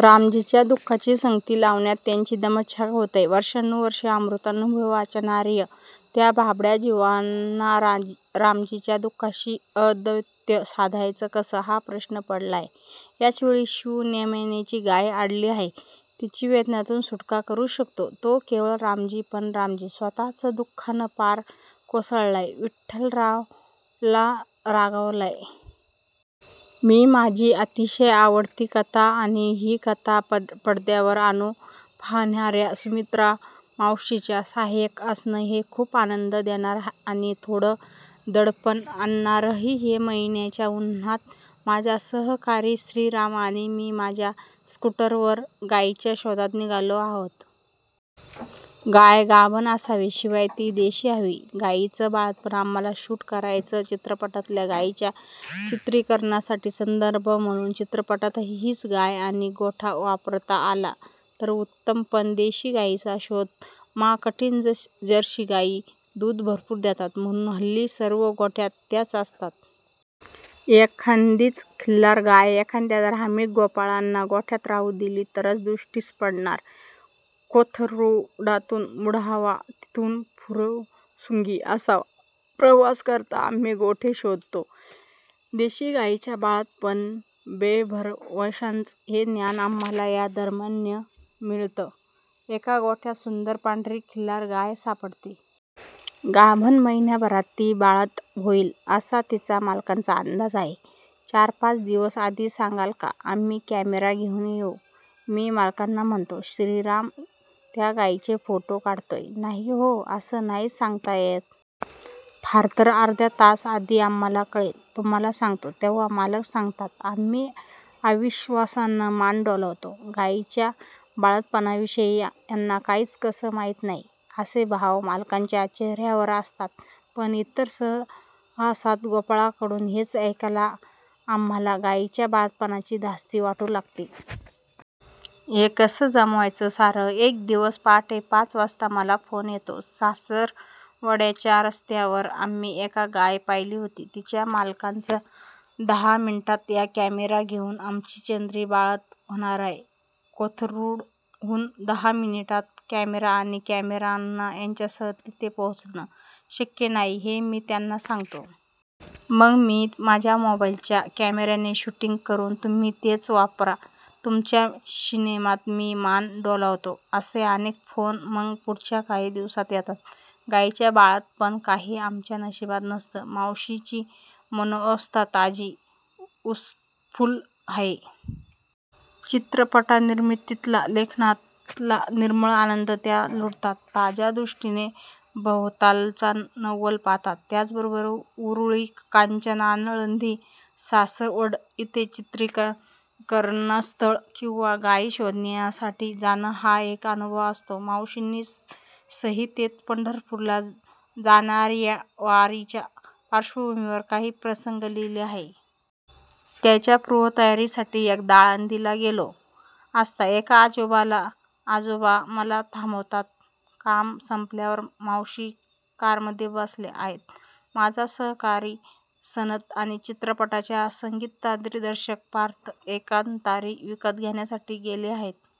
रामजीच्या दु:खाची संगती लावण्यात त्यांची दमछाक होतेय. वर्षानुवर्षं 'अमृतानुभव' वाचणार्या त्या भाबड्या जीवांना रामजीच्या दु:खाशी अद्वैत साधायचं कसं, हा प्रश्न पडलाय. याचवेळी शिवा नेमाणेची गाय अडली आहे. तिची वेदनांतून सुटका करू शकतो तो केवळ रामजी; पण रामजी स्वत:च दु:खानं पार कोसळलाय, विठ्ठलावर रागावलाय. ही माझी अतिशय आवडती कथा. आणि ही कथा पदद्यावर आणू पाहणार्या सुमित्रामावशींचा साहाय्यक असणं, हे खूप आनंद देणारं आणि थोडं दडपण आणणारंही. मे महिन्याच्या उन्हात माझा सहकारी श्रीराम आणि मी माझ्या स्कूटरवर गायीच्या शोधात निघालो आहोत. गाय गाभण असावी, शिवाय ती देशी हवी. गायीचं बाळंतपण आम्हांला शूट करायचंय. चित्रपटातल्या गायीच्या चित्रीकरणासाठी संदर्भ म्हणून. चित्रपटातही हीच गाय आणि गोठा वापरता आला, तर उत्तम. पण देशी गायीचा शोध महाकठीण. जर्सी गायी दूध भरपूर देतात म्हणून हल्ली सर्व गोठ्यांत त्याच असतात. एखादीच खिल्लार गाय एखाद्या धार्मिक गोपाळानं गोठ्यात राहू दिली तरच दृष्टीस पडणार. कोथरुडातून मुढवा, तिथून फुरसुंगी असा प्रवास करत आम्ही गोठे शोधतो. देशी गायीचं बाळंतपण बेभरवशाचं, हे ज्ञान आम्हांला या दरम्यान मिळतं. एका गोठ्यात सुंदर पांढरी खिल्लार गाय सापडते. गाभण. महिनाभरात ती बाळंत होईल, असा तिच्या मालकाचा अंदाज आहे. 'चारपाच दिवस आधी सांगाल का? आम्ही कॅमेरा घेऊन येऊ,' मी मालकांना म्हणतो. श्रीराम त्या गायीचे फोटो काढतोय. 'नाही हो, असं नाही सांगता येत. फारतर अर्धा तास आधी आम्हांला कळेल, तुम्हांला सांगतो तेव्हा', मालक सांगतात. आम्ही अविश्वासानं माना डोलावतो. गायीच्या बाळंतपणाविषयी यांना काहीच कसं माहीत नाही, असे भाव मालकाच्या चेहर्यावर असतात. पण इतर सहासात गोपाळांकडून हेच ऐकल्यावर आम्हांला गायीच्या बाळंतपणाची धास्ती वाटू लागते. कसं जमवायचं सारं? एक दिवस पहाटे पाच वाजता मला फोन येतो. सासवडच्या रस्त्यावर आम्ही एक गाय पाहिली होती, तिच्या मालकांचा. 'धा मिन्टात या कॅमेरा घेऊन, आमची चंद्री बाळंत होनाराय. ' कोथरुडहून दहा मिनिटांत कॅमेरा आणि कॅमेरामन यांच्यासह तिथे पोहोचणं शक्य नाही, हे मी त्यांना सांगतो. 'मंग मी माझ्या मोबाईलच्या क्यामेरानं शूटिंग करतू. तुम्ही तेच वापरा तुमच्या शिनेमात'. मी मान डोलावतो. असे अनेक फोन मग पुढच्या काही दिवसांत येतात. गायीचं बाळंतपण काही आमच्या नशिबात नसतं. मावशींची मनोवस्था ताजी, उत्फुल्ल आहे. चित्रपटनिर्मितीतला, लेखनातला निर्मळ आनंद त्या लुटतात. ताज्या दृष्टीनं भवतालचं नवल पाहतात. त्यांच्याबरोबर उरुळी कांचन, आळंदी, सासवड इथे चित्रीकरणस्थळं किंवा गायी शोधण्यासाठी जाणं हा एक अनुभव असतो. मावशींनी संहितेत पंढरपूरला जाणार्या वारीच्या पार्श्वभूमीवर काही प्रसंग लिहिले आहेत. त्याच्या पूर्वतयारीसाठी एकदा आळंदीला गेलो असता एक आजोबा मला थांबवतात. काम संपल्यावर मावशी कारमध्ये बसल्या आहेत. माझा सहकारी सनत आणि चित्रपटाचा संगीतदिग्दर्शक पार्थ एकतारी विकत घेण्यासाठी गेले आहेत.